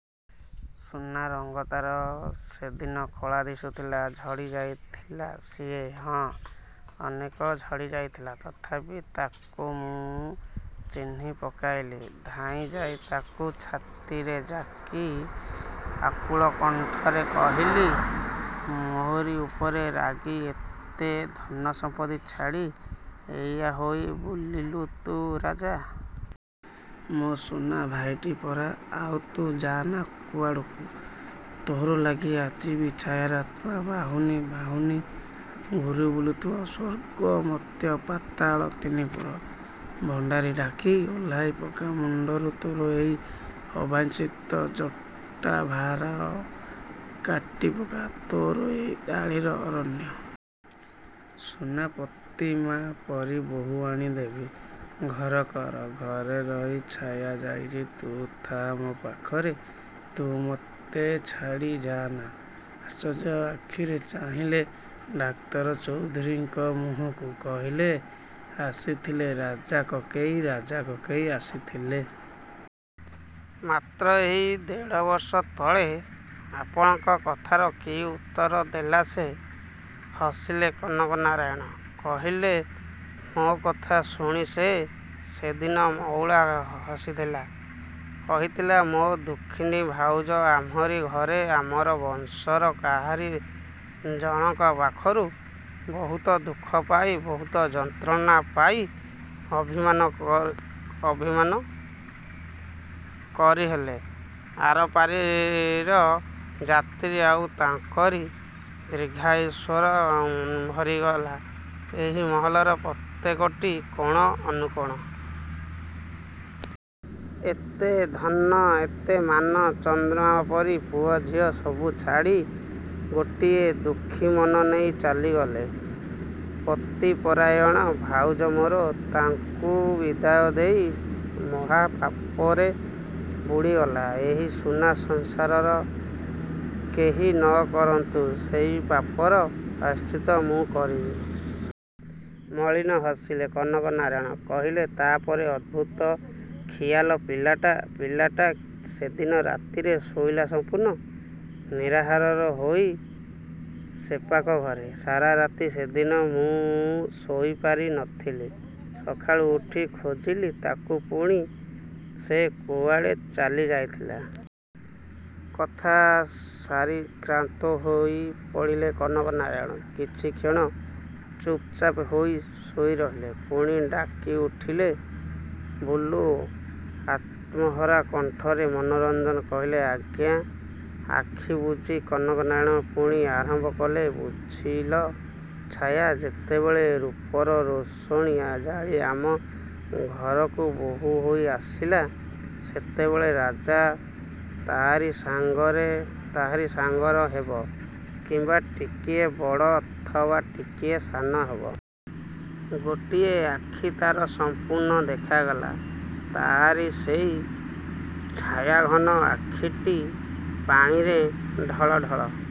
ସୁନା ରଙ୍ଗ ତା'ର ସେଦିନ କଳା ଦିଶୁଥିଲା। ଝଡ଼ି ଯାଇଥିଲା ସିଏ। ହଁ, ଅନେକ ଝଡ଼ି ଯାଇଥିଲା। ତଥାପି ତାକୁ ମୁଁ ଚିହ୍ନି ପକାଇଲି। ଧାଇଁ ଯାଇ ତାକୁ ଛାତିରେ ଜାକି ଆକୁଳ କଣ୍ଠରେ କହିଲି, ମୋରି ଉପରେ ରାଗି ଏତେ ଧନ ସମ୍ପତ୍ତି ଛାଡ଼ି ଏଇଆ ହୋଇ ବୁଲିଲୁ ତୁ ରାଜା? ମୋ ସୁନା ଭାଇଟି ପରା, ଆଉ ତୁ ଯାଆନା କୁଆଡୁକୁ। ତୋରି ଲାଗି ଆଜି ବି ଛାୟାର ଆତ୍ମା ବାହୁନି ବାହୁନି ଘୂରି ବୁଲୁଥିବ ସ୍ୱର୍ଗ, ମର୍ତ୍ତ୍ୟ, ପାତାଳ ତିନିପୁର। ଭଣ୍ଡାରୀ ଡାକି ଓହ୍ଲାଇ ପକା ମୁଣ୍ଡରୁ ତୋର ଏଇ ଅବାଞ୍ଛିତ ଜଟାଭାର। କାଟି ପକା ତୋର ଏଇ ଦାଢ଼ିର ଅରଣ୍ୟ। ସୁନା ପ୍ରତିମା ପରି ବୋହୂ ଆଣି ଦେବି। ଘର କର, ଘରେ ରହ। ଛାୟା ଯାଇଛି, ତୁ ଥା ମୋ ପାଖରେ। ତୁ ମତେ ଛାଡ଼ି ଯାଆନା। ଆଶ୍ଚର୍ଯ୍ୟ ଆଖିରେ ଚାହିଁଲେ ଡାକ୍ତର ଚୌଧୁରୀଙ୍କ ମୁହଁକୁ। କହିଲେ ଆସିଥିଲେ ରାଜା କକେଇ। ରାଜା କକେଇ ଆସିଥିଲେ! ମାତ୍ର ଏଇ ଦେଢ଼ ବର୍ଷ ତଳେ! ଆପଣଙ୍କ କଥାର କି ଉତ୍ତର ଦେଲେ ସେ? ହସିଲେ କନକନାରାୟଣ। କହିଲେ ମୋ କଥା ଶୁଣି ସେ ସେଦିନ ମଉଳା ହସିଥିଲା। କହିଥିଲା ମୋ ଦୁଃଖିନୀ ଭାଉଜ ଆମରି ଘରେ ଆମର ବଂଶର କାହାରି ଜଣକ ପାଖରୁ ବୋହୁତ ଦୁଃଖ ପାଇ, ବୋହୁତ ଯନ୍ତ୍ରଣା ପାଇ ଅଭିମାନ କ ଅଭିମାନ କରି ହେଲେ ଆରପାରିର ଯାତ୍ରୀ; ଆଉ ତାଙ୍କରି ଦୀର୍ଘଶ୍ୱସରେ ଭରିଗଲା ଏଇ ମହଲର ପ୍ରତ୍ୟେକଟି କୋଣ, ଅନୁକୋଣ। ଏତେ ଧନ, ଏତେ ମାନ, ଚନ୍ଦ୍ରମା ପରି ପୁଅ ଝିଅ ସବୁ ଛାଡ଼ି ଗୋଟିଏ ଦୁଃଖୀ ମନ ନେଇ ଚାଲିଗଲେ ପତିପରାୟଣ ଭାଉଜ ମୋର। ତାଙ୍କୁ ବିଦାୟ ଦେଇ ମହାପାପରେ ବୁଡ଼ି ଗଲା ଏଇ ସୁନା ସଂସାର। କେହି ନ କରନ୍ତୁ ସେହି ପାପର ପ୍ରାୟଶ୍ଚିତ, ମୁଁ କରିବି। ମଳିନ ହସିଲେ କନକନାରାୟଣ! କହିଲେ ତା' ପରେ! ଅଦ୍ଭୁତ ଖିଆଲ ପିଲାଟା ପିଲାଟା ସେଦିନ ରାତିରେ ଶୋଇଲା ସମ୍ପୂର୍ଣ୍ଣ ନିରାହାରରେ, ହୋଇ ସେପାଖ ଘରେ। ସାରା ରାତି ସେଦିନ ମୁଁ ଶୋଇ ପାରି ନଥିଲି। ସକାଳୁ ଉଠି ଖୋଜିଲି ତାକୁ। ପୁଣି ସେ କୁଆଡ଼େ ଚାଲି ଯାଇଥିଲା। କଥା ସାରି କ୍ଳାନ୍ତ ହୋଇ ପଡ଼ିଲେ କନକନାରାୟଣ। କିଛି କ୍ଷଣ ଚୁପ୍‌ଚାପ୍ ହୋଇ ଶୋଇ ରହିଲେ। ପୁଣି ଡାକି ଉଠିଲେ ବୁଲୁ ଆତ୍ମହରା କଣ୍ଠରେ ମନୋରଞ୍ଜନ କହିଲେ ଆଜ୍ଞା। ଆଖି ବୁଜି କନକନାରାୟଣ ପୁଣି ଆରମ୍ଭ କଲେ ବୁଝିଲ ଛାୟା ଯେତେବେଳେ ରୂପର ରୋଷଣୀ ଆଜା ଜାଳି ଆମ ଘରକୁ ବୋହୂ ହୋଇ ଆସିଲା, ସେତେବେଳେ ରାଜା ତା’ରି ସାଙ୍ଗର ତାହାରି ସାଙ୍ଗର ହେବ କିମ୍ବା ଟିକିଏ ବଡ଼, ଅଥବା ଟିକିଏ ସାନ ହେବ। ଗୋଟିଏ ଆଖି ତା'ର ସମ୍ପୂର୍ଣ୍ଣ ଦେଖାଗଲା। ତା'ରି ସେଇ ଛାୟାଘନ ଆଖିଟି ପାଣିରେ ଢଳଢଳ।